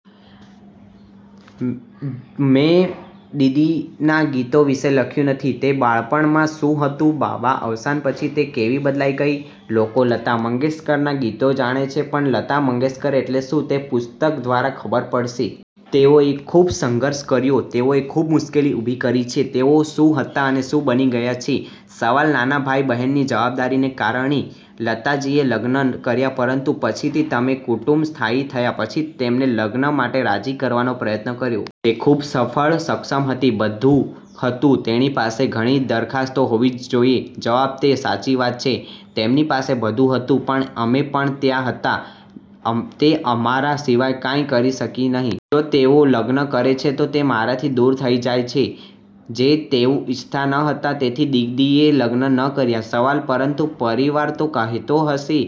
જવાબ: મેં દીદીના ગીતો વિશે લખ્યું નથી. તે બાળપણમાં શું હતું, બાબાના અવસાન પછી તે કેવી બદલાઈ ગઈ. લોકો લતા મંગેશકરના ગીતો જાણે છે, પણ લતા મંગેશકર એટલે શું તે પુસ્તક દ્વારા ખબર પડશે. તેઓએ ખૂબ સંઘર્ષ કર્યો છે, તેઓએ ખૂબ મુશ્કેલી ઉભી કરી છે, તેઓ શું હતા અને શું બની ગયા છે. સવાલ: નાના ભાઈ-બહેનની જવાબદારીને કારણે લતાજીએ લગ્ન ન કર્યા, પરંતુ પછીથી તમે કુટુંબ સ્થાયી થયા પછી તેમને લગ્ન માટે રાજી કરવાનો પ્રયત્ન કર્યો? તે ખૂબ સફળ, સક્ષમ હતી, બધું હતું, તેણી પાસે ઘણી દરખાસ્તો હોવી જ જોઇએ? જવાબ: તે સાચી વાત છે, તેમની પાસે બધું હતું પણ અમે પણ ત્યાં હતા. તે અમારા સિવાય કાંઈ કરી શકી નહીં. જો તેઓ લગ્ન કરે છે, તો તે મારાથી દૂર થઈ જાય જે તેવું ઇચ્છતા ન હતા. તેથી દીદીએ લગ્ન ન કર્યા. સવાલ: પરંતુ પરિવાર તો કહેતો હશે?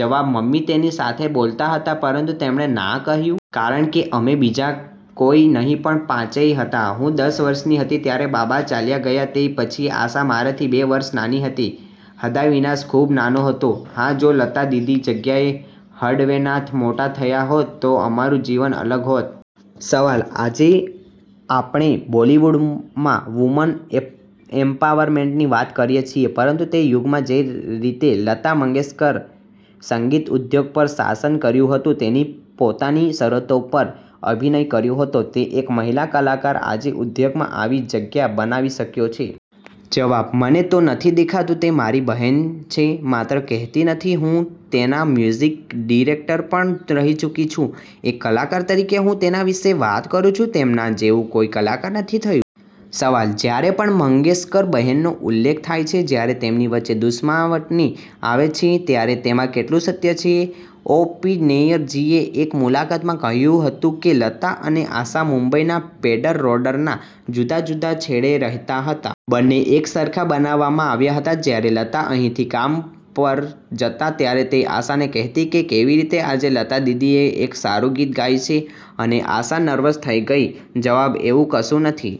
જવાબ: મમ્મી તેની સાથે બોલતા હતા, પરંતુ તેમણે ના કહ્યું. કારણ કે અમે બીજા કોઈ નહીં પણ પાંચેય હતા. હું દસ વર્ષની હતી ત્યારે બાબા ચાલ્યા ગયા. તે પછી આશા મારાથી બે વર્ષ નાની હતી. હદાવિનાથ ખૂબ નાનો હતો. હા, જો લતા દીદીની જગ્યાએ હડવેનાથ મોટા થયા હોત, તો અમારું જીવન અલગ હોત. સવાલ: આજે આપણે બોલિવૂડમાં વુમન એમ્પાવરમેન્ટની વાત કરીએ છીએ, પરંતુ તે યુગમાં જે રીતે લતા મંગેશકરે સંગીત ઉદ્યોગ પર શાસન કર્યું હતું, તેની પોતાની શરતો પર અભિનય કર્યો હતો, તે એક મહિલા કલાકાર આજે ઉદ્યોગમાં આવી જગ્યા બનાવી શક્યો છે? જવાબ: મને તો નથી દેખાતું. તે મારી બહેન છે, માત્ર કહેતી નથી. હું તેના મ્યુઝિક ડિરેક્ટર પણ રહી ચૂકી છું, એક કલાકાર તરીકે હું તેના વિશે વાત કરું છું. તેમના જેવું કોઈ કલાકાર નથી થયું. સવાલ: જ્યારે પણ મંગેશકર બહેનોનો ઉલ્લેખ થાય છે, જ્યારે તેમની વચ્ચે દુશ્મનાવટની વાત આવે છે, ત્યારે તેમાં કેટલું સત્ય છે? ઓ. પી. નૈયર જીએ એક મુલાકાતમાં કહ્યું હતું કે, લતા અને આશા મુંબઈના પેડર રોડરના જુદા જુદા છેડે રહેતા હતા. બંને એકસરખા બનાવવામાં આવ્યા હતા. જ્યારે લતા અહીંથી કામ પર જતા ત્યારે તે આશાને કહેતી કે, કેવી રીતે આજે લતા દીદીએ એક સારું ગીત ગાય છે અને આશા નર્વસ થઈ ગઈ જવાબ: એવું કશું નથી.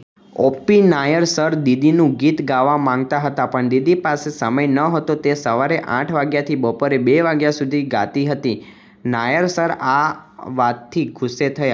ઓ. પી. નાયર સર દિદીનું ગીત ગાવા માંગતા હતા. પણ દીદી પાસે સમય નહોતો. તે સવારે આઠ વાગ્યાથી બપોરે બે વાગ્યા સુધી ગાતી હતી. નાયર સર આ વાતથી ગુસ્સે થયા.